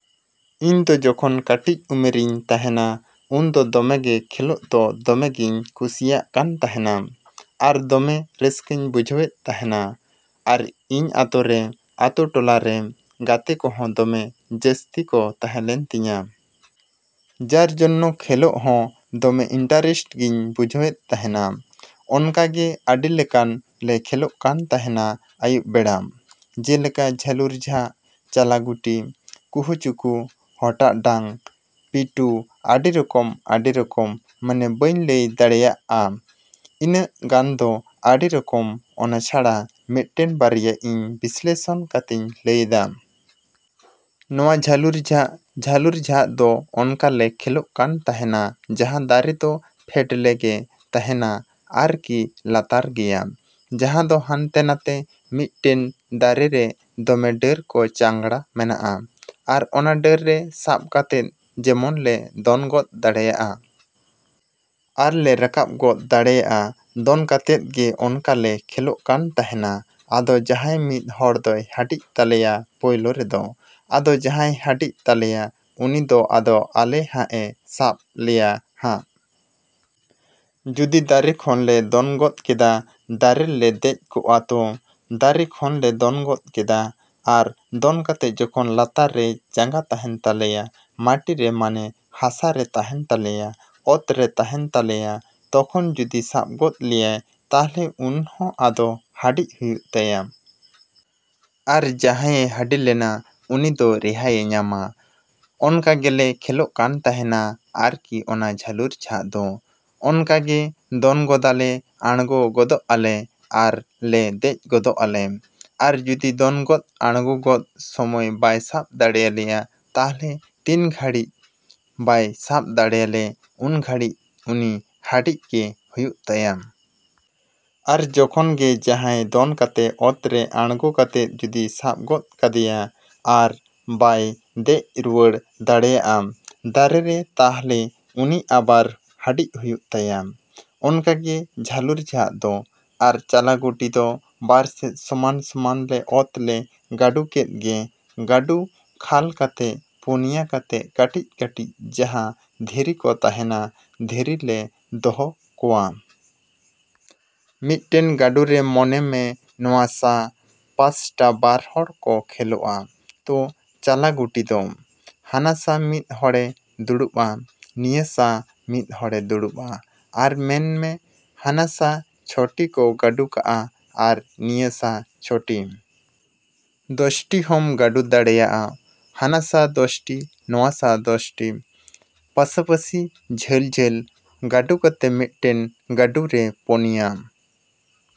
ᱤᱧ ᱫᱚ ᱡᱚᱠᱷᱚᱱ ᱠᱟᱹᱴᱤᱡ ᱩᱢᱮᱨᱤᱧ ᱛᱟᱦᱮᱱᱟ, ᱩᱱᱫᱚ ᱫᱚᱢᱮ ᱜᱮ ᱠᱷᱮᱞᱳᱜ ᱫᱚ ᱫᱚᱢᱮ ᱜᱤᱧ ᱠᱩᱥᱤᱭᱟᱜ ᱠᱟᱱ ᱛᱟᱦᱮᱱᱟ᱾ ᱟᱨ ᱫᱚᱢᱮ ᱨᱟᱹᱥᱠᱟᱹᱧ ᱵᱩᱡᱷᱟᱹᱣᱮᱫ ᱛᱟᱦᱮᱱᱟ᱾ ᱟᱨ ᱤᱧ ᱟᱛᱳ ᱨᱮ, ᱟᱛᱳᱼᱴᱚᱞᱟ ᱨᱮ ᱜᱟᱛᱮ ᱠᱚᱦᱚᱸ ᱫᱚᱢᱮ ᱡᱟᱹᱥᱛᱤ ᱠᱚ ᱛᱟᱦᱮᱸ ᱞᱮᱱ ᱛᱤᱧᱟ᱾ ᱡᱟᱨ ᱡᱚᱱᱚ ᱠᱷᱮᱞᱳᱜ ᱦᱚᱸ ᱫᱚᱢᱮ ᱤᱱᱴᱟᱨᱮᱥᱴ ᱜᱤᱧ ᱵᱩᱡᱷᱟᱹᱣᱮᱫ ᱛᱟᱦᱮᱱᱟ᱾ ᱚᱱᱠᱟᱜᱮ ᱟᱹᱰᱤ ᱞᱮᱠᱟᱱ ᱞᱮ ᱠᱷᱮᱞᱳᱜ ᱠᱟᱱ ᱛᱟᱦᱮᱱᱟ ᱟᱭᱩᱵ ᱵᱮᱲᱟ᱾ ᱡᱮᱞᱮᱠᱟ ᱡᱷᱟᱹᱞᱩᱨ ᱡᱷᱟᱜ, ᱪᱟᱞᱟ ᱜᱩᱴᱷᱤ, ᱠᱩᱦᱩᱼᱪᱩᱠᱩ, ᱦᱚᱴᱟᱜ ᱰᱟᱝ, ᱯᱤᱴᱩ, ᱟᱹᱰᱤ ᱨᱚᱠᱚᱢᱼᱟᱹᱰᱤ ᱨᱚᱠᱚᱢ, ᱢᱟᱱᱮ ᱵᱟᱹᱧ ᱞᱟᱹᱭ ᱫᱟᱲᱮᱭᱟᱜᱼᱟ ᱤᱱᱟᱹᱜ ᱜᱟᱱ ᱫᱚ ᱟᱹᱰᱤ ᱨᱚᱠᱚᱢ ᱚᱱᱟ ᱪᱷᱟᱲᱟ ᱢᱤᱫᱴᱮᱱ ᱵᱟᱨᱭᱟ ᱤᱧ ᱵᱤᱥᱞᱮᱥᱚᱱ ᱠᱟᱛᱮᱧ ᱞᱟᱹᱭᱮᱫᱟ᱾ ᱱᱚᱣᱟ ᱡᱷᱟᱹᱞᱩᱨ ᱡᱷᱟᱜ, ᱡᱷᱟᱹᱞᱩᱨ ᱡᱷᱟᱜ ᱫᱚ ᱚᱱᱠᱟ ᱞᱮ ᱠᱷᱮᱞᱳᱜ ᱠᱟᱱ ᱛᱟᱦᱮᱱᱟ ᱡᱟᱦᱟᱸ ᱫᱟᱨᱮ ᱫᱚ ᱯᱷᱮᱴᱞᱮ ᱜᱮ ᱛᱟᱦᱮᱱᱟ ᱟᱨᱠᱤ ᱞᱟᱛᱟᱨ ᱜᱮᱭᱟ᱾ ᱡᱟᱦᱟᱸ ᱫᱚ ᱦᱟᱱᱛᱮ ᱱᱟᱛᱮ ᱢᱤᱫᱴᱮᱱ ᱫᱟᱨᱮ ᱨᱮ ᱫᱚᱢᱮ ᱰᱟᱹᱨ ᱠᱚ ᱪᱟᱝᱜᱽᱲᱟ ᱢᱮᱱᱟᱜᱼᱟ᱾ ᱟᱨ ᱚᱱᱟ ᱰᱟᱹᱨ ᱨᱮ ᱥᱟᱵ ᱠᱟᱛᱮᱫ ᱡᱮᱢᱚᱱ ᱞᱮ ᱫᱚᱱ ᱜᱚᱫ ᱫᱟᱲᱮᱜᱼᱟ᱾ ᱟᱨ ᱞᱮ ᱨᱟᱠᱟᱵ ᱜᱚᱫ ᱫᱟᱲᱮᱜᱼᱟ ᱫᱚᱱ ᱠᱟᱛᱮᱫ ᱜᱮ ᱚᱱᱠᱟ ᱞᱮ ᱠᱷᱮᱞᱳᱜ ᱠᱟᱱ ᱛᱟᱦᱮᱱᱟ᱾ ᱟᱫᱚ ᱡᱟᱦᱟᱸᱭ ᱢᱤᱫ ᱦᱚᱲ ᱫᱚᱭ ᱦᱟᱹᱰᱤᱜ ᱛᱟᱞᱮᱭᱟ ᱯᱳᱭᱞᱳ ᱨᱮᱫᱚ᱾ ᱟᱫᱚ ᱡᱟᱦᱟᱸᱭ ᱦᱟᱹᱰᱤᱜ ᱛᱟᱞᱮᱭᱟᱭ ᱩᱱᱤ ᱫᱚ ᱟᱫᱚᱭ ᱟᱞᱮ ᱦᱟᱸᱜᱼᱮ ᱥᱟᱵ ᱞᱮᱭᱟᱭ ᱦᱟᱸᱜ᱾ ᱡᱩᱫᱤ ᱫᱟᱨᱮ ᱠᱷᱚᱱ ᱞᱮ ᱫᱚᱱ ᱜᱚᱫ ᱠᱮᱫᱟ, ᱫᱟᱨᱮ ᱨᱮᱞᱮ ᱫᱮᱡ ᱠᱚᱜᱼᱟ ᱛᱚ, ᱫᱟᱨᱮ ᱠᱷᱚᱱ ᱞᱮ ᱫᱚᱱ ᱜᱚᱫ ᱠᱮᱫᱟ᱾ ᱟᱨ ᱫᱚᱱ ᱠᱟᱛᱮ ᱡᱚᱠᱷᱚᱱ ᱞᱟᱛᱟᱨ ᱨᱮ ᱡᱟᱸᱜᱟ ᱛᱟᱦᱮᱱ ᱛᱟᱞᱮᱭᱟ, ᱢᱟᱴᱤ ᱨᱮ ᱢᱟᱱᱮ, ᱦᱟᱥᱟ ᱨᱮ ᱛᱟᱦᱮᱱ ᱛᱟᱞᱮᱭᱟ, ᱚᱛ ᱨᱮ ᱛᱟᱦᱮᱱ ᱛᱟᱞᱮᱭᱟ ᱛᱚᱠᱷᱚᱱ ᱡᱩᱫᱤ ᱥᱟᱵ ᱜᱚᱫ ᱞᱮᱭᱟ ᱛᱟᱦᱞᱮ ᱩᱱᱦᱚ ᱟᱫᱚ ᱦᱟᱹᱰᱤᱜ ᱦᱩᱭᱩᱜ ᱛᱟᱭᱟ᱾ ᱟᱨ ᱡᱟᱦᱟᱸᱭᱮ ᱦᱟᱹᱰᱤ ᱞᱮᱱᱟ ᱩᱱᱤ ᱫᱚ ᱨᱮᱦᱟᱭᱮ ᱧᱟᱢᱟ, ᱚᱱᱠᱟ ᱜᱮᱞᱮ ᱠᱷᱮᱞᱳᱜ ᱠᱟᱱ ᱛᱟᱦᱮᱱᱟ ᱟᱨᱠᱤ ᱚᱱᱟ ᱡᱷᱟᱹᱞᱩᱨ ᱡᱷᱟᱜ ᱫᱚ᱾ ᱚᱱᱠᱟ ᱜᱮ ᱫᱚᱱ ᱜᱚᱫᱟᱞᱮ ᱟᱲᱜᱳ ᱜᱚᱫᱚᱜᱼᱟᱞᱮ ᱟᱨ ᱞᱮ ᱫᱮᱡ ᱜᱚᱫᱚᱜᱼᱟᱞᱮ᱾ ᱟᱨ ᱡᱩᱫᱤ ᱫᱚᱱ ᱜᱚᱫ ᱟᱲᱜᱳ ᱜᱚᱫ ᱥᱚᱢᱚᱭ ᱵᱟᱭ ᱥᱟᱵ ᱫᱟᱲᱮᱭᱟᱞᱮᱭᱟ ᱛᱟᱦᱞᱮ ᱛᱤᱱ ᱜᱷᱟᱹᱲᱤᱡ ᱵᱟᱭ ᱥᱟᱵ ᱫᱟᱲᱮᱭᱟᱞᱮ ᱩᱱ ᱜᱷᱟᱹᱲᱤᱡ ᱩᱱᱤ ᱦᱟᱹᱰᱤᱜ ᱜᱮ ᱦᱩᱭᱩᱜ ᱛᱟᱭᱟ᱾ ᱟᱨ ᱡᱚᱠᱷᱚᱱ ᱜᱮ ᱡᱟᱦᱟᱸᱭ ᱫᱚᱱ ᱠᱟᱛᱮ ᱚᱛ ᱨᱮ ᱟᱲᱜᱳ ᱠᱟᱛᱮ ᱡᱩᱫᱤᱭ ᱥᱟᱵ ᱜᱚᱫ ᱠᱟᱫᱮᱭᱟ ᱟᱨ ᱵᱟᱭ ᱫᱮᱡ ᱨᱩᱣᱟᱹᱲ ᱫᱟᱲᱮᱭᱟᱜᱼᱟ ᱫᱟᱨᱮ ᱨᱮ ᱛᱟᱦᱞᱮ ᱩᱱᱤ ᱟᱵᱟᱨ ᱦᱟᱹᱰᱤᱜ ᱦᱩᱭᱩᱜ ᱛᱟᱭᱟ᱾ ᱚᱱᱠᱟ ᱜᱮ ᱡᱷᱟᱹᱞᱩᱨ ᱡᱷᱟᱜ ᱫᱚ᱾ ᱟᱨ ᱪᱟᱞᱟ ᱜᱩᱴᱷᱤ ᱫᱚ ᱵᱟᱨ ᱥᱮᱫ ᱥᱚᱢᱟᱱᱼᱥᱚᱢᱟᱱ ᱞᱮ ᱚᱛ ᱞᱮ ᱜᱟᱹᱰᱩ ᱠᱮᱫ ᱜᱮ, ᱜᱟᱹᱰᱩ ᱠᱷᱟᱞ ᱠᱟᱛᱮ ᱯᱩᱱᱭᱟ ᱠᱟᱛᱮᱫ ᱠᱟᱹᱴᱤᱡᱼᱠᱟᱹᱴᱤᱡ ᱡᱟᱦᱟᱸ ᱫᱷᱤᱨᱤ ᱠᱚ ᱛᱟᱦᱮᱱᱟ, ᱫᱷᱤᱨᱤ ᱞᱮ ᱫᱚᱦᱚ ᱠᱚᱣᱟ᱾ ᱢᱤᱫᱴᱮᱱ ᱜᱟᱹᱰᱩ ᱨᱮ ᱢᱚᱱᱮ ᱢᱮ ᱱᱚᱣᱟ ᱥᱟ ᱯᱟᱥᱴᱟ ᱵᱟᱨ ᱦᱚᱲ ᱠᱚ ᱠᱷᱮᱞᱳᱜᱼᱟ ᱛᱚ ᱪᱟᱞᱟ ᱜᱩᱴᱷᱤ ᱫᱚ᱾ ᱦᱟᱱᱟ ᱥᱟ ᱢᱤᱫ ᱦᱚᱲᱮ ᱫᱩᱲᱩᱵᱼᱟ, ᱱᱤᱭᱟᱹ ᱥᱟ ᱢᱤᱫ ᱦᱚᱲᱮ ᱫᱩᱲᱩᱵᱼᱟ᱾ ᱟᱨ ᱢᱮᱱᱢᱮ ᱦᱟᱱᱟ ᱥᱟ ᱪᱷᱚᱴᱤ ᱠᱚ ᱜᱟᱹᱰᱩ ᱠᱟᱜᱼᱟ ᱟᱨ ᱱᱤᱭᱟᱹ ᱥᱟ ᱪᱷᱚᱴᱤ᱾ ᱫᱚᱥᱴᱤ ᱦᱚᱸᱢ ᱜᱟᱹᱰᱩ ᱫᱟᱲᱮᱭᱟᱜᱼᱟ᱾ ᱦᱟᱱᱟ ᱥᱟ ᱫᱚᱥᱴᱤ, ᱱᱚᱣᱟ ᱥᱟ ᱫᱚᱥᱴᱤ᱾ ᱯᱟᱥᱟᱯᱟᱹᱥᱤ ᱡᱷᱟᱹᱞᱼᱡᱷᱟᱹᱞ᱾ ᱜᱟᱹᱰᱩ ᱠᱟᱛᱮ ᱢᱤᱫᱴᱮᱱ ᱜᱟᱹᱰᱩ ᱨᱮ ᱯᱩᱱᱭᱟ᱾